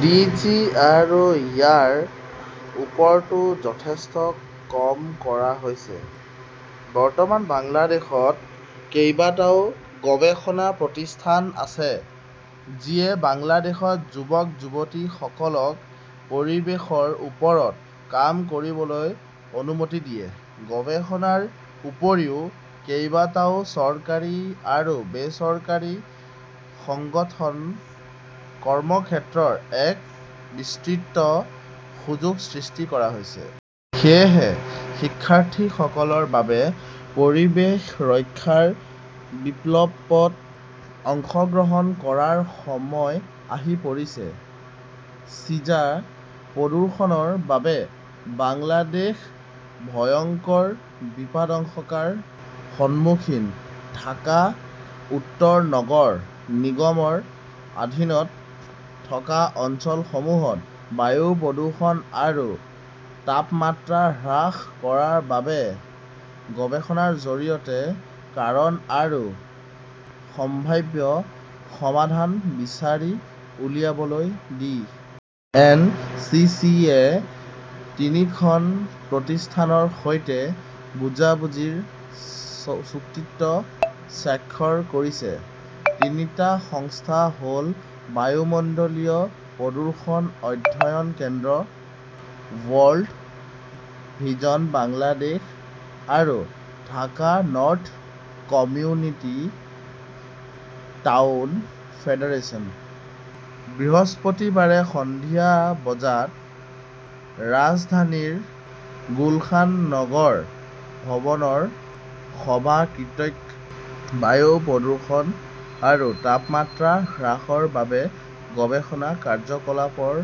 D. G. আৰু ইয়াৰ ওপৰতো যথেষ্ট কাম কৰা হৈছে। বৰ্তমান বাংলাদেশত কেইবাটাও গৱেষণা প্ৰতিষ্ঠান আছে, যিয়ে বাংলাদেশত যুৱক-যুৱতীসকলক পৰিৱেশৰ ওপৰত কাম কৰিবলৈ অনুমতি দিয়ে। গৱেষণাৰ উপৰিও, কেইবাটাও চৰকাৰী আৰু বেচৰকাৰী সংগঠনত কৰ্মক্ষেত্ৰৰ এক বিস্তৃত সুযোগ সৃষ্টি কৰা হৈছে। সেয়েহে শিক্ষাৰ্থীসকলৰ বাবে পৰিৱেশ ৰক্ষাৰ বিপ্লৱত অংশগ্ৰহণ কৰাৰ সময় আহি পৰিছে। ছিজা প্ৰদূষণৰ বাবে বাংলাদেশ ভয়ংকৰ বিপদাশংকাৰ সন্মুখীন ঢাকা উত্তৰ নগৰ নিগমৰ অধীনত থকা অঞ্চলসমূহত বায়ু প্ৰদূষণ আৰু তাপমাত্ৰা হ্ৰাস কৰাৰ বাবে গৱেষণাৰ জৰিয়তে কাৰণ আৰু সম্ভাৱ্য সমাধান বিচাৰি উলিয়াবলৈ ডি. এন. চি. চি. -য়ে তিনিখন প্ৰতিষ্ঠানৰ সৈতে বুজাবুজিৰ চুক্তিত স্বাক্ষৰ কৰিছে। তিনিটা সংস্থা হ ‘ল বায়ুমণ্ডলীয় প্ৰদূষণ অধ্যয়ন কেন্দ্ৰ, ৱৰ্ল্ড ভিজন বাংলাদেশ আৰু Dhaka north community town federation. বৃহস্পতিবাৰে সন্ধিয়া বজাত ৰাজধানীৰ গুলশান- নগৰ ভৱনৰ সভা কক্ষত বায়ু প্ৰদূষণ আৰু তাপমাত্ৰা হ্ৰাসৰ বাবে গৱেষণা কাৰ্যকলাপৰ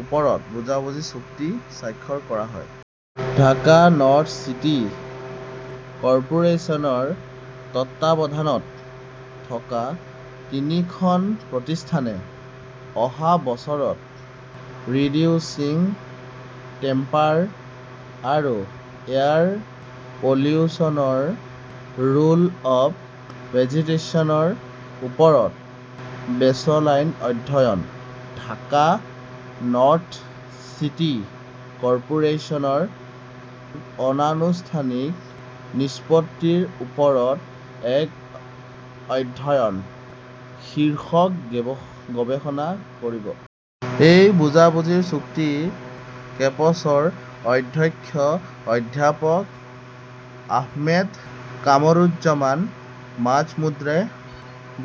ওপৰত বুজাবুজিৰ চুক্তিত স্বাক্ষৰ কৰা হয়। ঢাকা নৰ্থ চিটি কৰ্পোৰেচনৰ তত্বাৱধানত থকা তিনিখন প্ৰতিষ্ঠানে অহা বছৰত 'ৰিডিউচিং টেম্পাৰ আৰু এয়াৰ পলিউশ্যনৰ ৰোল অৱ ভেজিটেশ্যনৰ ওপৰত বেচলাইন অধ্যয়নঃ ঢাকা নৰ্থ চিটি কৰ্পোৰেচনৰ অনানুষ্ঠানিক নিষ্পত্তিৰ ওপৰত এক অধ্যয়ন "শীৰ্ষক গৱেষণা কৰিব। এই বুজাবুজিৰ চুক্তিত কেপছৰ অধ্যক্ষ অধ্যাপক আহমেদ কামৰুজ্জমান মাজমুদ্ৰে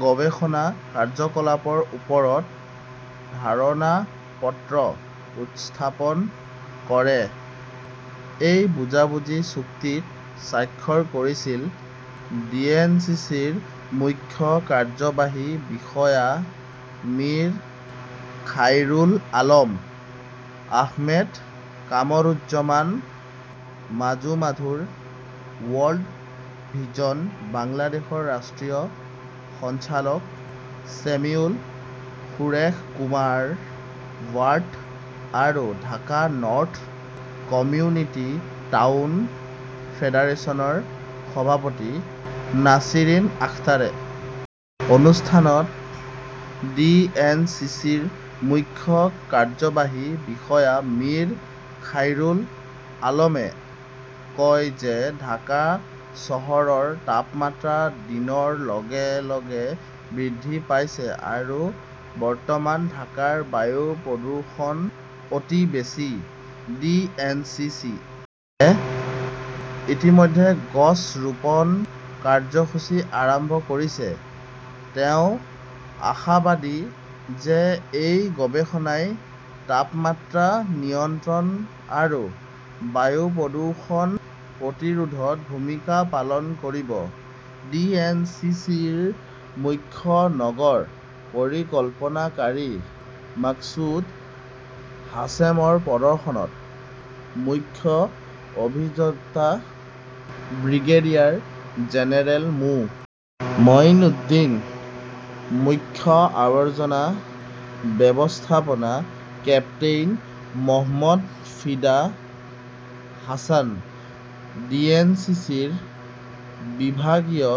গৱেষণা কাৰ্যকলাপৰ ওপৰত ধাৰণা পত্ৰ উপস্থাপন কৰে। এই বুজাবুজি চুক্তিত স্বাক্ষৰ কৰিছিল ডিএনচিচিৰ মুখ্য কাৰ্যবাহী বিষয়া মিৰ খাইৰুল আলম, আহমেদ কামৰুজ্জমান মাজুমাধুৰ, ৱৰ্ল্ড ভিজন বাংলাদেশৰ ৰাষ্ট্ৰীয় সঞ্চালক ছেমিউল সুৰেশ কুমাৰ বাৰ্ট আৰু ঢাকা নৰ্থ কমিউনিটি টাউন ফেডাৰেচনৰ সভাপতি নাছিৰিন আখতাৰে। অনুষ্ঠানত ডি. এন. চি. চি. -ৰ মুখ্য কাৰ্যবাহী বিষয়া মীৰ খাইৰুল আলমে কয় যে ঢাকা চহৰৰ তাপমাত্ৰা দিনৰ লগে লগে বৃদ্ধি পাইছে আৰু বৰ্তমান ঢাকাৰ বায়ু প্ৰদূষণ অতি বেছি। ডি. এন. চি. চি. -য়ে ইতিমধ্যে গছ ৰোপণ কাৰ্যসূচী আৰম্ভ কৰিছে। তেওঁ আশাবাদী যে এই গৱেষণাই তাপমাত্ৰা নিয়ন্ত্ৰণ আৰু বায়ু প্ৰদূষণ প্ৰতিৰোধত ভূমিকা পালন কৰিব। ডি. এন. চি. চি. -ৰ মুখ্য নগৰ পৰিকল্পনাকাৰী মাক্সুদ হাছেমৰ প্ৰদৰ্শনত মুখ্য অভিযন্তা ব্ৰিগেডিয়াৰ জেনেৰেল মো. মঈন উদ্দিন, মুখ্য আৱৰ্জনা ব্যৱস্থাপনা কেপ্টেইন মহম্মদ ফিদা হাছান, ডিএনচিচিৰ বিভাগীয়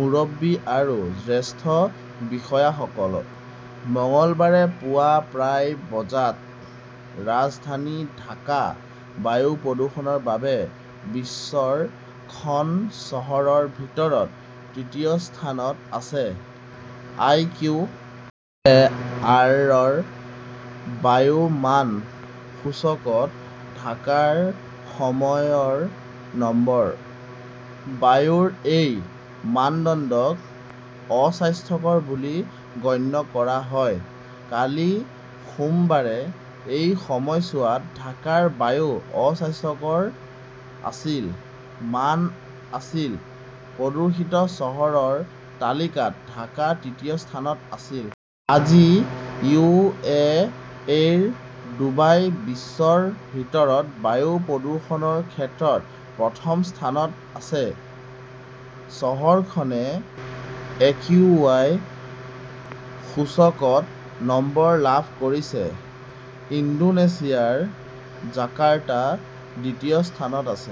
মুৰব্বী আৰু জ্যেষ্ঠ বিষয়াসকল। মঙলবাৰে পুৱা প্ৰায় বজাত ৰাজধানী ঢাকা বায়ু প্ৰদূষণৰ বাবে বিশ্বৰ খন চহৰৰ ভিতৰত তৃতীয় স্থানত আছে। আই. কিউ. এ. আৰ.ৰ বায়ু মান সূচকত ঢাকাৰ সময়ৰ নম্বৰ। বায়ুৰ এই মানদণ্ডক 'অস্বাস্থ্যকৰ "বুলি গণ্য কৰা হয়। কালি সোমবাৰে এই সময়ছোৱাত ঢাকাৰ বায়ু অস্বাস্থ্যকৰ আছিল। মান আছিল। প্ৰদূষিত চহৰৰ তালিকাত ঢাকা তৃতীয় স্থানত আছিল। আজি ইউ. এ. ইৰ ডুবাই বিশ্বৰ ভিতৰত বায়ু প্ৰদূষণৰ ক্ষেত্ৰত প্ৰথম স্থানত আছে। চহৰখনে একিউআই সূচকত নম্বৰ লাভ কৰিছে। ইণ্ডোনেছিয়াৰ জাকাৰ্টা দ্বিতীয় স্থানত আছে।